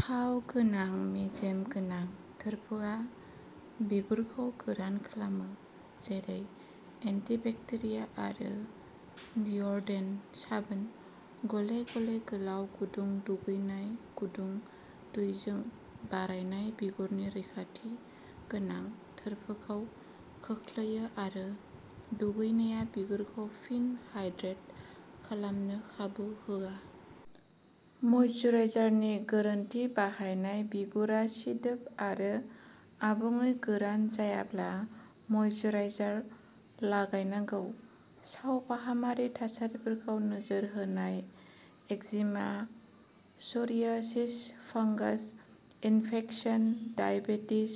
थाव गोनां मेजेम गोनां थोरफोआ बिगुरखौ गोरान खालामो। जेरै एन्टिबेक्टेरिया आरो डिअडरेन्ट साबोन। गले-गले, गोलाव, गुदुं दुगैनाय गुदुं दैजों बारायनाय बिगुरनि रैखाथि गोनां थोरफोखौ खोख्लैयो आरो दुगैनाया बिगुरखौ फिन हाइड्रेट खालामनो खाबु होआ। मायिचराइजारनि गोरोन्थि बाहायनाय बिगुरा सिदोब आरो आबुङै गोरान जायाब्ला मायिचराइजार लागायनांगौ। सावफाहामारि थासारिफोरखौ नोजोर होनाय eczema, psoriasis, fungus infection, diabetes,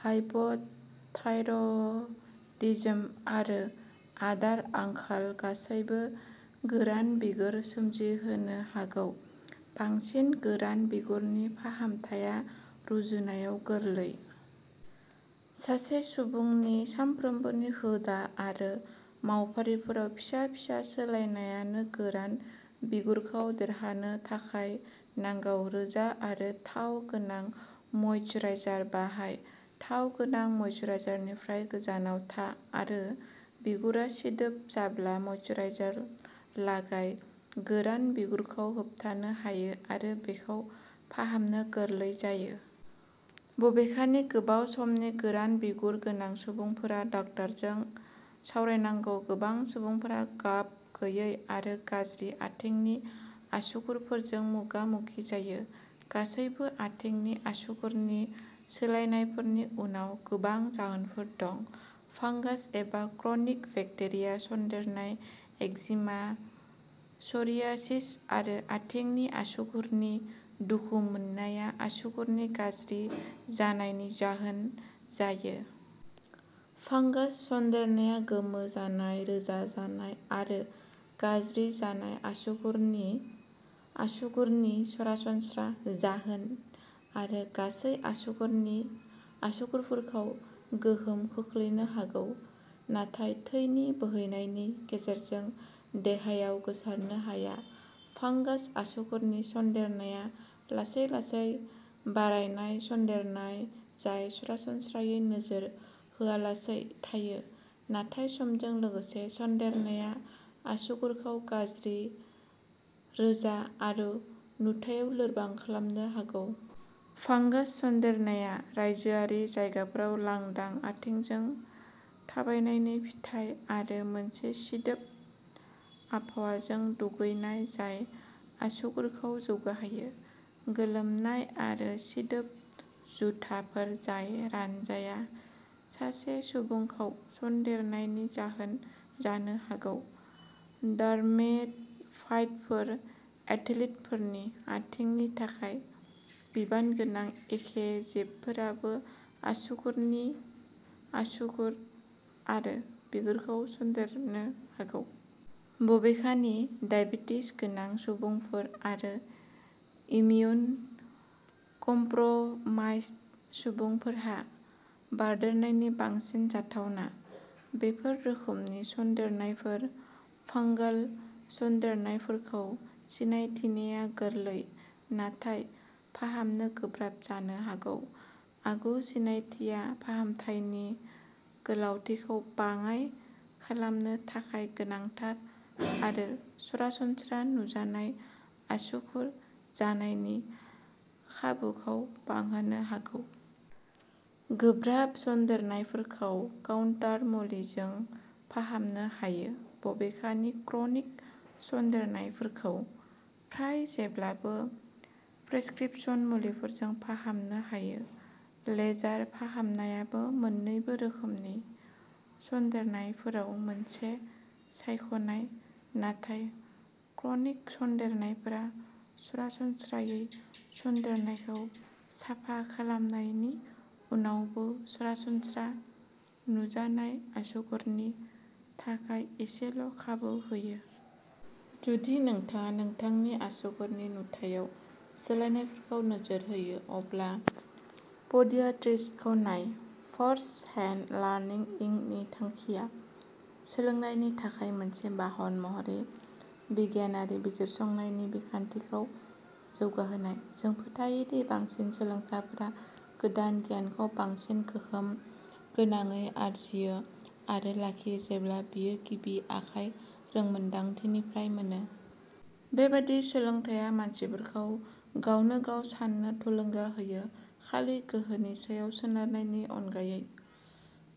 hypothyroidism आरो आदार आंखाल गासैबो गोरान बिगुर सोमजिहोनो हागौ। बांसिन गोरान बिगुरनि फाहामथाया रुजुनायाव गोरलै। सासे सुबुंनि सानफ्रोमबोनि हुदा आरो मावफारिफोराव फिसा-फिसा सोलायनायानो गोरान बिगुरखौ देरहानो थाखाय नांगौ। रोजा आरो थाव गोनां मायिचराइजार बाहाय। थाव गोनां मायिचराइजारनिफ्राय गोजानाव था आरो बिगुरा सिदोब जाब्ला मायिचराइजार लागाय। गोरान बिगुरखौ होबथानो हायो आरो बेखौ फाहामनो गोरलै जायो। बबेखानि, गोबाव समनि गोरान बिगुर गोनां सुबुंफोरा डाक्टारजों सावरायनांगौ। गोबां सुबुंफोरा गाब गैयै आरो गाज्रि आथिंनि आसुगुरफोरजों मोगा-मोगि जायो। गासैबो आथिंनि आसुगुरनि सोलायनायफोरनि उनाव गोबां जाहोनफोर दं फांगास एबा क्रनिक बेक्टेरिया सन्देरनाय, एक्जिमा, सोरियासिस आरो आथिंनि आसुगुरनि दुखु मोननाया आसुगुरनि गाज्रि जानायनि जाहोन जायो। फांगास सन्देरनाया गोमो जानाय, रोजा जानाय आरो गाज्रि जानाय आसुगुरनि आसुगुरनि सरासनस्रा जाहोन आरो गासै आसुगुरनि आसुगुरफोरखौ गोहोम खोख्लैनो हागौ, नाथाय थैनि बोहैनायनि गेजेरजों देहायाव गोसारनो हाया। फांगास आसुगुरनि सन्देरनाया लासै लासै बारायनाय सन्देरनाय जाय सरासनस्रायै नोजोर होआलासै थायो, नाथाय समजों लोगोसे सनदेरनाया आसुगुरखौ गाज्रि, रोजा आरो नुथायाव लोरबां खालामनो हागौ। फांगास सन्देरनाया रायजोआरि जायगाफोराव लांदां आथिंजों थाबायनायनि फिथाय आरो मोनसे सिदोब आबहावाजों दुगैनाय जाय आसुगुरखौ जौगाहोयो। गोलोमनाय आरो सिदोब जुथाफोर जाय रानजाया, सासे सुबुंखौ सन्देरनायनि जाहोन जानो हागौ। डार्मेटफाइटफोर, एथलीटफोरनि आथिंनि थाखाय बिबानगोनां एखे जिबफोराबो आसुगुरनि आसुगुर आरो बिगुरखौ सनदेरनो हागौ। बबेखानि, डायबेटिस गोनां सुबुंफोर आरो इमिउन' कमप्र'माइज्ड सुबुंफोरहा बारदेरनायनि बांसिन जाथावना। बेफोर रोखोमनि सन्देरनायफोर। फांगाल सन्देरनायफोरखौ सिनायथिनाया गोरलै, नाथाय फाहामनो गोब्राब जानो हागौ। आगु सिनायथिया फाहामथायनि गोलावथिखौ बाङाइ खालामनो थाखाय गोनांथार आरो सरासनस्रा नुजानाय आसुगुर जानायनि खाबुखौ बांहोनो हागौ। गोब्राब सन्देरनायफोरखौ काउन्टार मुलिजों फाहामनो हायो बबेखानि, क्रनिक सन्देरनायफोरखौ फ्राय जेब्लाबो प्रेसक्रिपशन मुलिफोरजों फाहामनो हायो। लेजार फाहामनायाबो मोननैबो रोखोमनि सन्देरनायफोराव मोनसे सायख'नाय। नाथाय, क्रनिक सन्देरनायफोरा सरासनस्रायै सन्देरनायखौ साफा खालामनायनि उनावबो सरासनस्रा नुजानाय आसुगुरनि थाखाय एसेल' खाबु होयो। जुदि नोंथाङा नोंथांनि आसुगुरनि नुथायाव सोलायनायफोरखौ नोजोर होयो, अब्ला प'डियाट्रिस्टखौ नाय। फार्स्ट हेन्ड लार्निं इंक नि थांखिया सोलोंनायनि थाखाय मोनसे बाहन महरै बिगियानारि बिजिरसंनायनि बिखान्थिखौ जौगाहोनाय। जों फोथायो दि बांसिन सोलोंसाफोरा गोदान गियानखौ बांसिन गोहोम गोनाङै आरजियो आरो लाखियो जेब्ला बेयो गिबि आखाय रोंमोनदांथिनिफ्राय मोनो। बेबादि सोलोंथाया मानसिफोरखौ गावनोगाव साननो थुलुंगा होयो, खालि गोहोनि सायाव सोनारनायनि अनगायै।